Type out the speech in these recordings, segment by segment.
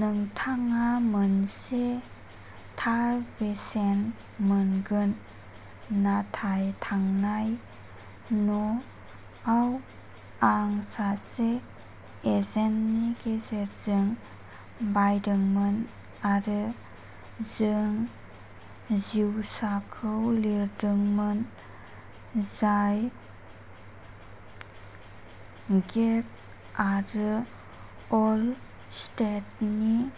नोंथाङा मोनसे थार बेसेन मोनगोन। नाथाय थांनाय न'आव आं सासे एजेन्टनि गेजेरजों बायदोंमोन आरो जों जिउसाखौ लिरदोंमोन, जाय गेइक'आरो अलस्टेटनि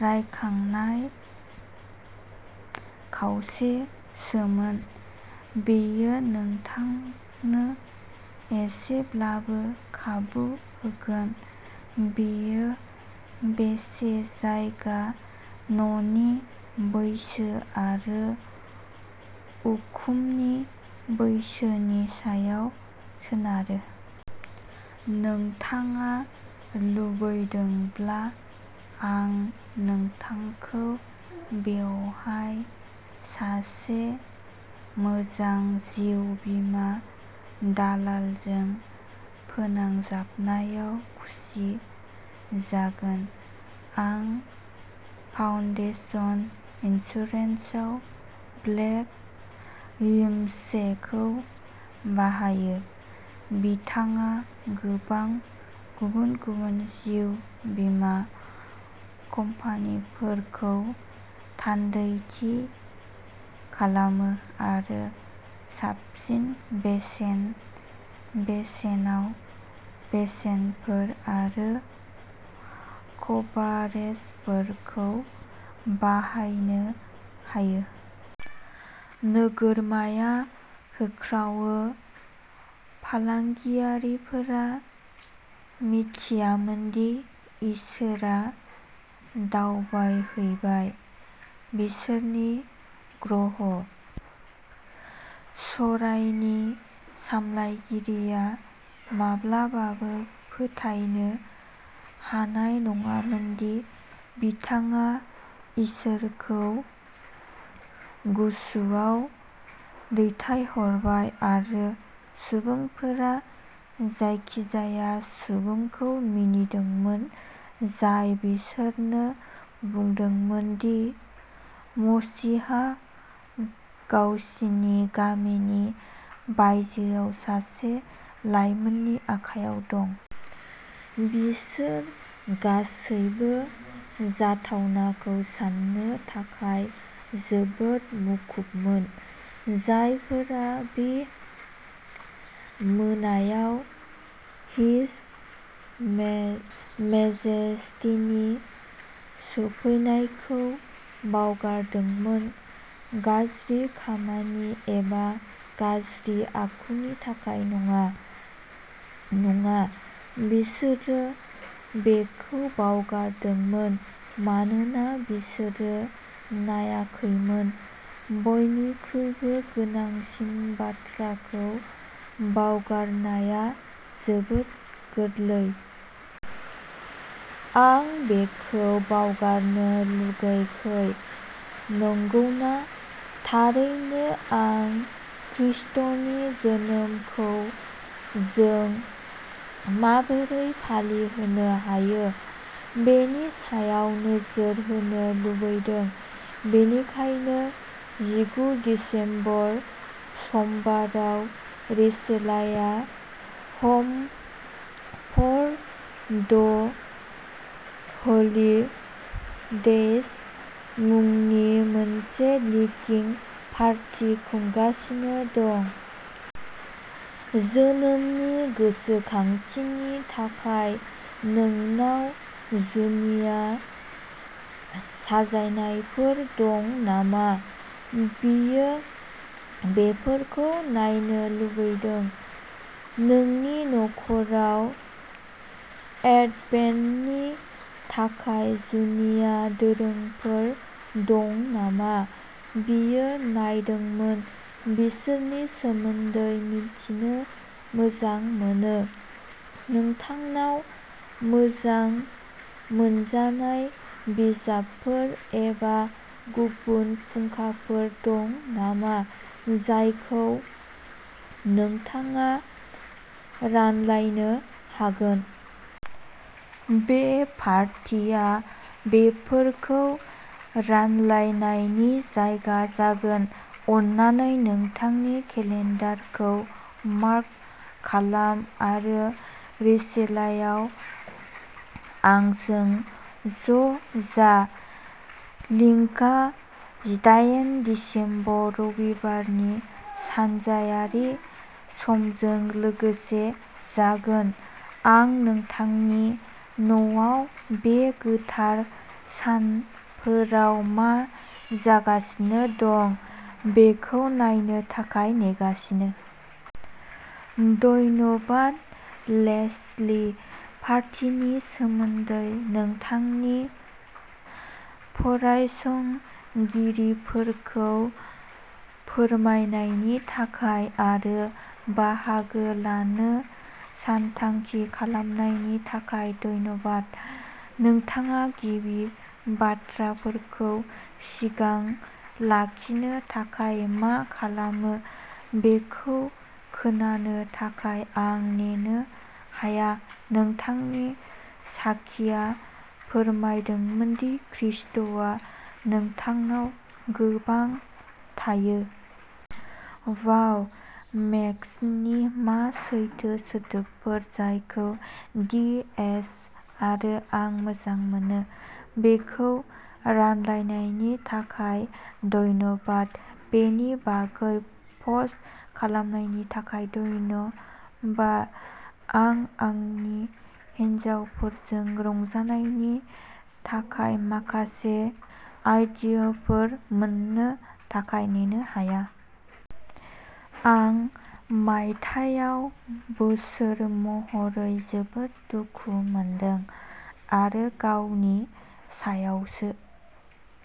रायखांनाय खावसेसोमोन। बेयो नोंथांनो एसेब्लाबो खाबु होगोन। बेयो बेसे जायगा, न'नि बैसो आरो उखुमनि बैसोनि सायाव सोनारो। नोंथाङा लुबैदोंब्ला, आं नोंथांखौ बेवहाय सासे मोजां जिउ बीमा दालालजों फोनांजाबनायाव खुसि जागोन। आं फाउन्डेसन इन्सुरेन्सआव ब्लेक विम्सेखौ बाहायो। बिथाङा गोबां गुबुन-गुबुन जिउ बीमा कम्पानिफोरखौ थान्दैथि खालामो आरो साबसिन बेसेन/बेसेनाव बेसेनफोर आरो कभारेजफोरखौ बाहायनो हायो। नोगोरमाया होख्रावो। फालांगियारिफोरा मिथियामोन दि इसोरआ दावबायहैबाय। बिसोरनि ग्रह। सरायनि सामलायगिरिया माब्लाबाबो फोथायनो हानाय नङामोन दि बिथाङा इसोरखौ गुसुआव दैथायहरबाय। आरो सुबुंफोरा जायखिजाया सुबुंखौ मिनिदोंमोन, जाय बिसोरनो बुंदोंमोन दि मसीहा गावसिनि गामिनि बायजोआव सासे लाइमोननि आखायाव दं। बिसोर गासैबो जाथावनाखौ सान्नो थाखाय जोबोद मुखुबमोन। जायफोरा बे मोनायाव हिज मेज मेजेस्टीनि सौफैनायखौ बावगारदोंमोन, गाज्रि खामानि एबा गाज्रि आखुनि थाखाय नङा; नङा, बिसोरो बेखौ बावगारदोंमोन मानोना बिसोरो नायाखैमोन। बयनिख्रुइबो गोनांसिन बाथ्राखौ बावगारनाया जोबोद गोरलै। आं बेखौ बावगारनो लुगैखै। नंगौना? थारैनो, आं खृष्टनि जोनोमखौ जों माबोरै फालिहोनो हायो बेनि सायाव नोजोर होनो लुबैदों। बेनिखायनो जिगु दिसेम्बर, समबाराव, रिचेलाया "ह'म फर द होली डेज" मुंनि मोनसे लिंकिं पार्टी खुंगासिनो दं। जोनोमनि गोसोखांथिनि थाखाय नोंनाव जुनिया साजायनायफोर दं नामा? बियो बेफोरखौ नायनो लुबैदों! नोंनि नख'राव एडभेन्टनि थाखाय जुनिया दोरोंफोर दं नामा? बियो नायदोंमोन। बिसोरनि सोमोन्दै मिथिनो मोजां मोनो। नोंथांनाव मोजां मोनजानाय बिजाबफोर एबा गुबुन फुंखाफोर दं नामा, जायखौ नोंथाङा रानलायनो हागोन? बे पार्टिआ बेफोरखौ रानलायनायनि जायगा जागोन। अन्नानै नोंथांनि केलेन्डारखौ मार्क खालाम आरो रिचेलायाव आंजों ज'जा! लिंकआ जि दाइन दिसेम्बर, रबिबारनि सानजायारि समजों लोगोसे जागोन। आं नोंथांनि न'आव बे गोथार सानफोराव मा जागासिनो दं बेखौ नायनो थाखाय नेगासिनो! धन्यबाद, लेस्ली! पार्टिनि सोमोन्दै नोंथांनि फरायसंगिरिफोरखौ फोरमायनायनि थाखाय आरो बाहागो लानो सानथांखि खालामनायनि थाखाय धन्यबाद! नोंथाङा गिबि बाथ्राफोरखौ सिगां लाखिनो थाखाय मा खालामो बेखौ खोनानो थाखाय आं नेनो हाया-नोंथांनि साखिआ फोरमायदोंमोन दि खृष्टआ नोंथांनाव गोबां थायो! बाह, मेक्सनि मा सैथो सोदोबफोर, जायखौ डी. एच. आरो आं मोजां मोनो। बेखौ रानलायनायनि थाखाय धन्यबाद। बेनि बागै पस्ट खालामनायनि थाखाय धन्यबा। आं आंनि हिनजावफोरजों रंजानायनि थाखाय माखासे आइडियफोर मोन्नो थाखाय नेनो हाया। आं मायथाइयाव बोसोर महरै जोबोद दुखु मोनदों आरो गावनि सायावसो।